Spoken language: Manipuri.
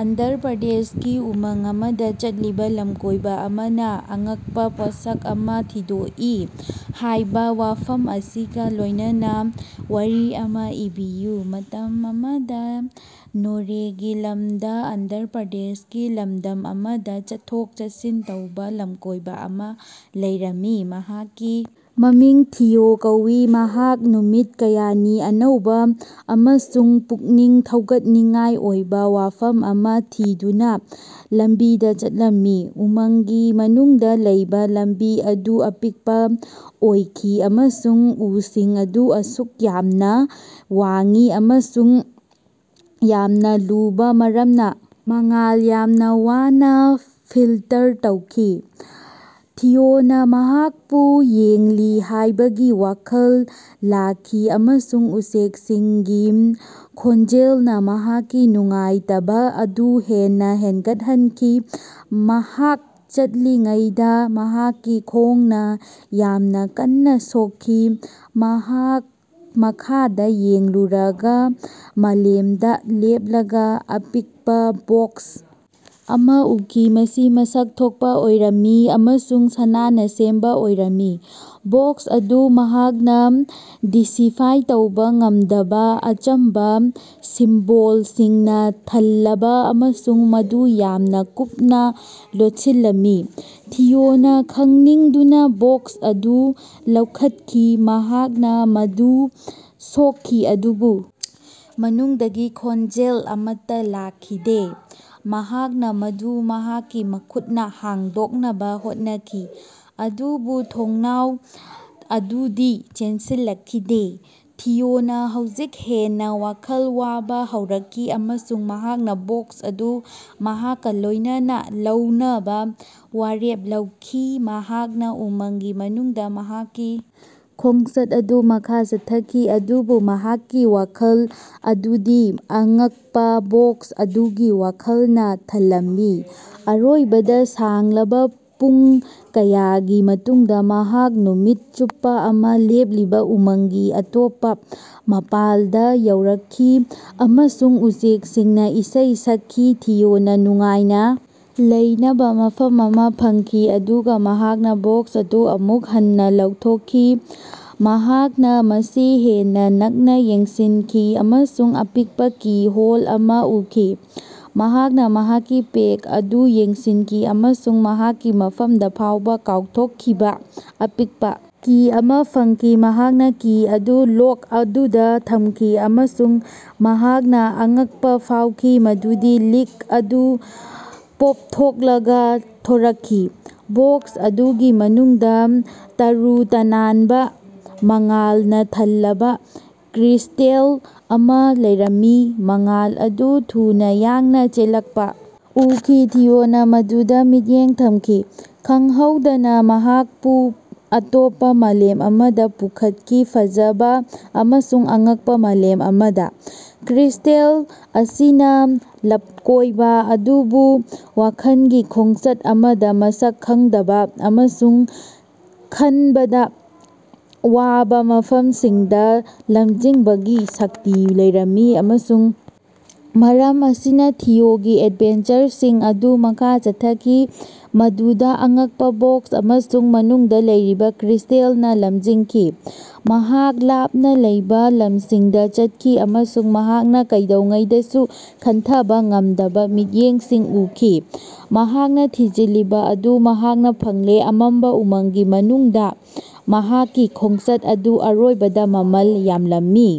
ꯑꯟꯙ꯭ꯔ ꯄ꯭ꯔꯗꯦꯁꯀꯤ ꯎꯃꯪ ꯑꯃꯗꯥ ꯆꯠꯂꯤꯕꯥ ꯂꯝꯀꯣꯏꯕꯥ ꯑꯃꯅꯥ ꯑꯉꯛꯄꯥ ꯄꯣꯠꯁꯛ ꯑꯃꯥ ꯊꯤꯗꯣꯛꯏ ꯍꯥꯏꯕꯥ ꯋꯥꯐꯝ ꯑꯁꯤꯒꯥ ꯂꯣꯏꯅꯅꯥ ꯋꯥꯔꯤ ꯑꯃꯥ ꯏꯕꯤꯌꯨ꯫ ꯃꯇꯝ ꯑꯃꯗꯥ ꯅꯣꯔꯦꯒꯤ ꯂꯝꯗꯥ ꯑꯟꯙ꯭ꯔ ꯄ꯭ꯔꯗꯦꯁꯀꯤ ꯂꯝꯗꯝ ꯑꯃꯗꯥ ꯆꯠꯊꯣꯛ ꯆꯠꯁꯤꯟ ꯇꯧꯕꯥ ꯂꯝꯀꯣꯏꯕꯥ ꯑꯃꯥ ꯂꯩꯔꯝꯃꯤ꯫ ꯃꯍꯥꯛꯀꯤ ꯃꯃꯤꯡ ꯊꯤꯑꯣ ꯀꯧꯏ ꯃꯍꯥꯛ ꯅꯨꯃꯤꯠ ꯀꯌꯥꯅꯤ ꯑꯅꯧꯕꯥ ꯑꯃꯁꯨꯡ ꯄꯨꯛꯅꯤꯡ ꯊꯧꯒꯠꯅꯤꯡꯉꯥꯏ ꯑꯣꯏꯕꯥ ꯋꯥꯐꯝ ꯑꯃꯥ ꯊꯤꯗꯨꯅꯥ ꯂꯝꯕꯤꯗꯥ ꯆꯠꯂꯝꯃꯤ꯫ ꯎꯃꯪꯒꯤ ꯃꯅꯨꯡꯗꯥ ꯂꯩꯕꯥ ꯂꯝꯕꯤ ꯑꯗꯨ ꯑꯄꯤꯛꯄꯥ ꯑꯣꯏꯈꯤ ꯑꯃꯁꯨꯡ ꯎꯁꯤꯡ ꯑꯗꯨ ꯑꯁꯨꯛ ꯌꯥꯝꯅꯥ ꯋꯥꯡꯏ ꯑꯃꯁꯨꯡ ꯌꯥꯝꯅꯥ ꯂꯨꯕꯥ ꯃꯔꯝꯅꯥ ꯃꯉꯥꯜ ꯌꯥꯝꯅꯥ ꯋꯥꯅꯥ ꯐꯤꯜꯇꯔ ꯇꯧꯈꯤ꯫ ꯊꯤꯑꯣꯅꯥ ꯃꯍꯥꯛꯄꯨ ꯌꯦꯡꯂꯤ ꯍꯥꯏꯕꯒꯤ ꯋꯥꯈꯜ ꯂꯥꯛꯈꯤ ꯑꯃꯁꯨꯡ ꯎꯆꯦꯛꯁꯤꯡꯒꯤ ꯈꯣꯟꯖꯦꯜꯅꯥ ꯃꯍꯥꯛꯀꯤ ꯅꯨꯡꯉꯥꯏꯇꯕꯥ ꯑꯗꯨ ꯍꯦꯟꯅꯥ ꯍꯦꯟꯒꯠꯍꯟꯈꯤ꯫ ꯃꯍꯥꯛ ꯆꯠꯂꯤꯉꯩꯗꯥ ꯃꯍꯥꯛꯀꯤ ꯈꯣꯡꯅꯥ ꯌꯥꯝꯅꯥ ꯀꯟꯅꯥ ꯁꯣꯛꯈꯤ꯫ ꯃꯍꯥꯛ ꯃꯈꯥꯗꯥ ꯌꯦꯡꯂꯨꯔꯒꯥ ꯃꯥꯂꯦꯝꯗꯥ ꯂꯦꯞꯂꯒꯥ ꯑꯄꯤꯛꯄꯥ ꯕꯣꯛꯁ ꯑꯃꯥ ꯎꯈꯤ꯫ ꯃꯁꯤ ꯃꯁꯛ ꯊꯣꯛꯄꯥ ꯑꯣꯏꯔꯝꯃꯤ ꯑꯃꯁꯨꯡ ꯁꯅꯥꯅꯥ ꯁꯦꯝꯕꯥ ꯑꯣꯏꯔꯝꯃꯤ꯫ ꯕꯣꯛꯁ ꯑꯗꯨ ꯃꯍꯥꯛꯅꯥ ꯗꯤꯁꯤꯐꯥꯏ ꯇꯧꯕꯥ ꯉꯝꯗꯕꯥ ꯑꯆꯝꯕꯥ ꯁꯤꯝꯕꯣꯜꯁꯤꯡꯅꯥ ꯊꯜꯂꯕꯥ ꯑꯃꯁꯨꯡ ꯃꯗꯨ ꯌꯥꯝꯅꯥ ꯀꯨꯞꯅꯥ ꯂꯣꯠꯁꯤꯜꯂꯝꯃꯤ꯫ ꯊꯤꯑꯣꯅꯥ ꯈꯪꯅꯤꯡꯗꯨꯅꯥ ꯕꯣꯛꯁ ꯑꯗꯨ ꯂꯧꯈꯠꯈꯤ꯫ ꯃꯍꯥꯛꯅꯥ ꯃꯗꯨ ꯁꯣꯛꯈꯤ ꯑꯗꯨꯕꯨ ꯃꯅꯨꯡꯗꯒꯤ ꯈꯣꯟꯖꯦꯜ ꯑꯃꯠꯇꯥ ꯂꯥꯛꯈꯤꯗꯦ꯫ ꯃꯍꯥꯛꯅꯥ ꯃꯗꯨ ꯃꯍꯥꯛꯀꯤ ꯃꯈꯨꯠꯅꯥ ꯍꯥꯡꯗꯣꯛꯅꯕꯥ ꯍꯣꯠꯅꯈꯤ ꯑꯗꯨꯕꯨ ꯊꯣꯡꯅꯥꯎ ꯑꯗꯨꯗꯤ ꯆꯦꯟꯁꯤꯜꯂꯛꯈꯤꯗꯦ꯫ ꯊꯤꯑꯣꯅꯥ ꯍꯧꯖꯤꯛ ꯍꯦꯟꯅꯥ ꯋꯥꯈꯜ ꯋꯥꯕꯥ ꯍꯧꯔꯛꯈꯤ ꯑꯃꯁꯨꯡ ꯃꯍꯥꯛꯅꯥ ꯕꯣꯛꯁ ꯑꯗꯨ ꯃꯍꯥꯛꯀꯥ ꯂꯣꯏꯅꯅꯥ ꯂꯧꯅꯕꯥ ꯋꯥꯔꯦꯞ ꯂꯧꯈꯤ꯫ ꯃꯍꯥꯛꯅꯥ ꯎꯃꯪꯒꯤ ꯃꯅꯨꯡꯗꯥ ꯃꯍꯥꯛꯀꯤ ꯈꯣꯡꯆꯠ ꯑꯗꯨ ꯃꯈꯥ ꯆꯠꯊꯈꯤ ꯑꯗꯨꯕꯨ ꯃꯍꯥꯛꯀꯤ ꯋꯥꯈꯜ ꯑꯗꯨꯗꯤ ꯑꯉꯛꯄꯥ ꯕꯣꯛꯁ ꯑꯗꯨꯒꯤ ꯋꯥꯈꯜꯅꯥ ꯊꯜꯂꯝꯃꯤ꯫ ꯑꯔꯣꯏꯕꯗꯥ ꯁꯥꯡꯂꯕꯥ ꯄꯨꯡ ꯀꯌꯥꯒꯤ ꯃꯇꯨꯡꯗꯥ ꯃꯍꯥꯛ ꯅꯨꯃꯤꯠ ꯆꯨꯞꯄꯥ ꯑꯃꯥ ꯂꯦꯞꯂꯤꯕꯥ ꯎꯃꯪꯒꯤ ꯑꯇꯣꯞꯄꯥ ꯃꯄꯥꯟꯗꯥ ꯌꯧꯔꯛꯈꯤ ꯑꯃꯁꯨꯡ ꯎꯆꯦꯛꯁꯤꯡꯅꯥ ꯏꯁꯩ ꯁꯛꯈꯤ꯫ ꯊꯤꯑꯣꯅꯥ ꯅꯨꯡꯉꯥꯏꯅꯥ ꯂꯩꯅꯕꯥ ꯃꯐꯝ ꯑꯃꯥ ꯐꯪꯈꯤ ꯑꯗꯨꯒꯥ ꯃꯍꯥꯛꯅꯥ ꯕꯣꯛꯁ ꯑꯗꯨ ꯑꯃꯨꯛ ꯍꯟꯅꯥ ꯂꯧꯊꯣꯛꯈꯤ꯫ ꯃꯍꯥꯛꯅꯥ ꯃꯁꯤ ꯍꯦꯟꯅꯥ ꯅꯛꯅꯥ ꯌꯦꯡꯁꯤꯟꯈꯤ ꯑꯃꯁꯨꯡ ꯑꯄꯤꯛꯄꯥ ꯀꯤ ꯍꯣꯜ ꯑꯃꯥ ꯎꯈꯤ꯫ ꯃꯍꯥꯛꯅꯥ ꯃꯍꯥꯛꯀꯤ ꯄꯦꯛ ꯑꯗꯨ ꯌꯦꯡꯁꯤꯟꯈꯤ ꯑꯃꯁꯨꯡ ꯃꯍꯥꯛꯀꯤ ꯃꯐꯝꯗꯥ ꯐꯥꯎꯕꯥ ꯀꯥꯎꯊꯣꯛꯈꯤꯕꯥ ꯑꯄꯤꯛꯄꯥ ꯀꯤ ꯑꯃꯥ ꯐꯪꯈꯤ꯫ ꯃꯍꯥꯛꯅꯥ ꯀꯤ ꯑꯗꯨ ꯂꯣꯛ ꯑꯗꯨꯗꯥ ꯊꯝꯈꯤ ꯑꯃꯁꯨꯡ ꯃꯍꯥꯛꯅꯥ ꯑꯉꯛꯄꯥ ꯐꯥꯎꯈꯤ ꯃꯗꯨꯗꯤ ꯂꯤꯛ ꯑꯗꯨ ꯄꯣꯞꯊꯣꯛꯂꯒꯥ ꯊꯣꯔꯛꯈꯤ꯫ ꯕꯣꯛꯁ ꯑꯗꯨꯒꯤ ꯃꯅꯨꯡꯗꯥ ꯇꯔꯨ ꯇꯅꯥꯟꯕꯥ ꯃꯉꯥꯜꯅꯥ ꯊꯜꯂꯕꯥ ꯀ꯭ꯔꯤꯁ꯭ꯇꯦꯜ ꯑꯃꯥ ꯂꯩꯔꯝꯃꯤ꯫ ꯃꯉꯥꯜ ꯑꯗꯨ ꯊꯨꯅꯥ ꯌꯥꯡꯅꯥ ꯆꯦꯜꯂꯛꯄꯥ ꯎꯈꯤ ꯊꯤꯑꯣꯅꯥ ꯃꯗꯨꯗꯥ ꯃꯤꯠꯌꯦꯡ ꯊꯝꯈꯤ꯫ ꯈꯪꯍꯧꯗꯅꯥ ꯃꯍꯥꯛꯄꯨ ꯑꯇꯣꯞꯄꯥ ꯃꯥꯂꯦꯝ ꯑꯃꯗꯥ ꯄꯨꯈꯠꯈꯤ ꯐꯖꯕꯥ ꯑꯃꯁꯨꯡ ꯑꯉꯛꯄꯥ ꯃꯥꯂꯦꯝ ꯑꯃꯗꯥ꯫ ꯀ꯭ꯔꯤꯁ꯭ꯇꯦꯜ ꯑꯁꯤꯅꯥ ꯂꯞꯀꯣꯏꯕꯥ ꯑꯗꯨꯕꯨ ꯋꯥꯈꯜꯒꯤ ꯈꯣꯡꯆꯠ ꯑꯃꯗꯥ ꯃꯁꯛ ꯈꯪꯗꯕꯥ ꯑꯃꯁꯨꯡ ꯈꯟꯕꯗꯥ ꯋꯥꯕꯥ ꯃꯐꯝꯁꯤꯡꯗꯥ ꯂꯝꯖꯤꯡꯕꯒꯤ ꯁꯛꯇꯤ ꯂꯩꯔꯝꯃꯤ꯫ ꯑꯃꯁꯨꯡ ꯃꯔꯝ ꯑꯁꯤꯅꯥ ꯊꯤꯑꯣꯒꯤ ꯑꯦꯗꯚꯦꯟꯆꯔꯁꯤꯡ ꯑꯗꯨ ꯃꯈꯥ ꯆꯠꯊꯈꯤ ꯃꯗꯨꯗꯥ ꯑꯉꯛꯄꯥ ꯕꯣꯛꯁ ꯑꯃꯁꯨꯡ ꯃꯅꯨꯡꯗꯥ ꯂꯩꯔꯤꯕꯥ ꯀ꯭ꯔꯤꯁ꯭ꯇꯦꯜꯅꯥ ꯂꯝꯖꯤꯡꯈꯤ꯫ ꯃꯍꯥꯛ ꯂꯥꯞꯅꯥ ꯂꯩꯕꯥ ꯂꯝꯁꯤꯡꯗꯥ ꯆꯠꯈꯤ ꯑꯃꯁꯨꯡ ꯃꯍꯥꯛꯅꯥ ꯀꯩꯗꯧꯉꯩꯗꯁꯨ ꯈꯟꯊꯕꯥ ꯉꯝꯗꯕꯥ ꯃꯤꯠꯌꯦꯡꯁꯤꯡ ꯎꯈꯤ꯫ ꯃꯍꯥꯛꯅꯥ ꯊꯤꯖꯤꯜꯂꯤꯕꯥ ꯑꯗꯨ ꯃꯍꯥꯛꯅꯥ ꯐꯪꯂꯦ ꯑꯃꯝꯕꯥ ꯎꯃꯪꯒꯤ ꯃꯅꯨꯡꯗꯥ ꯃꯍꯥꯛꯀꯤ ꯈꯣꯡꯆꯠ ꯑꯗꯨ ꯑꯔꯣꯏꯕꯗꯥ ꯃꯃꯜ ꯌꯥꯝꯂꯝꯃꯤ꯫